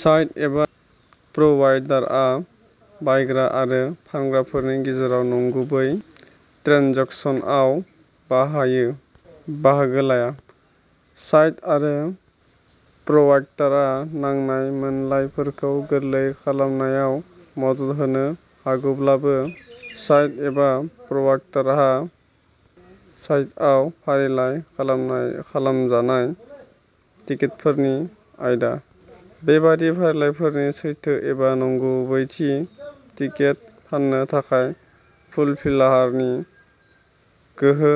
Site एबा प्र'वाइडारआ बायग्रा आरो फानग्राफोरनि गेजेराव नंगुबै ट्रेन्जेकसनआव बाहागो लाया। साइट आरो प्र'वाइडारआ नांलाय-मोनलायफोरखौ गोरलै खालामनायाव मदद होनो हागौब्लाबो, साइट एबा प्र'वाइडारहा साइटआव फारिलाइ खालामजानाय टिकेटफोरनि आयदा, बेबादि फारिलाइफोरनि सैथो एबा नंगुबैथि, टिकेट फान्नो थाखाय फुलफिलारनि गोहो,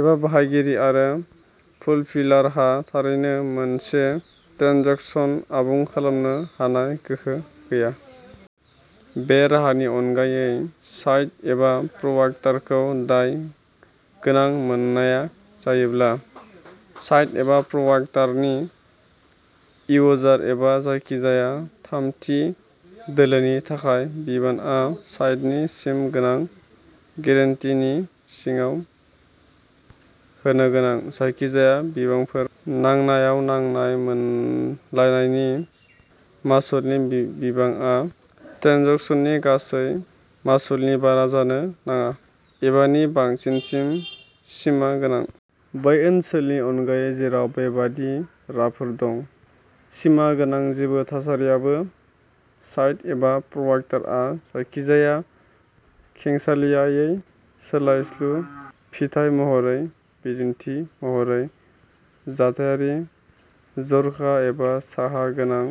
एबा बाहायगिरि आरो फुलफिलारहा थारैनो मोनसे ट्रेन्जेकसन आबुं खालामनो हानाय गोहो गैया। बे राहानि अनगायै, साइट एबा प्र'वाइडारखौ दाय गोनां मोननाय जायोब्ला, साइट एबा प्र'वाइडारनि इउजार एबा जायखिजाया थामथि दोलोनि थाखाय बिबानआ साइटनि सिमा गोनां गेरेन्टीनि सिङाव होनोगोनां जायखिजाया बिबांफोर, नांलायनायाव नांलाय-मोनलायनि मासुलनि बिबांआ ट्रेन्जेकसननि गासै मासुलनि बारा जानो नाङा, एबा नि बांसिनसिम सिमा गोनां। बै ओनसोलफोरनि अनगायै जेराव बेबादि राहाफोर दं। सिमा गोनां, जेबो थासारियावबो साइट एबा प्र'वाइडारआ जायखिजाया खेंसालियायै, सोलायस्लु, फिथाय महरै, बिदिन्थि महरै, जाथायारि, जर'खा एबा साजा गोनां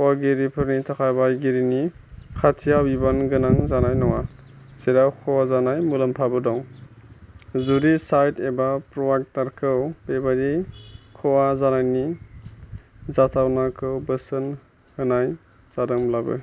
खहाफोरनि थाखाय बाहायगिरिनि खाथियाव बिबान गोनां जानाय नङा, जेराव खहा जानाय मुलाम्फाबो दं, जुदि साइट एबा प्र'वाइडारखौ बेबादि खहा जानायनि जाथावनाखौ बोसोन होनाय जादोंब्लाबो।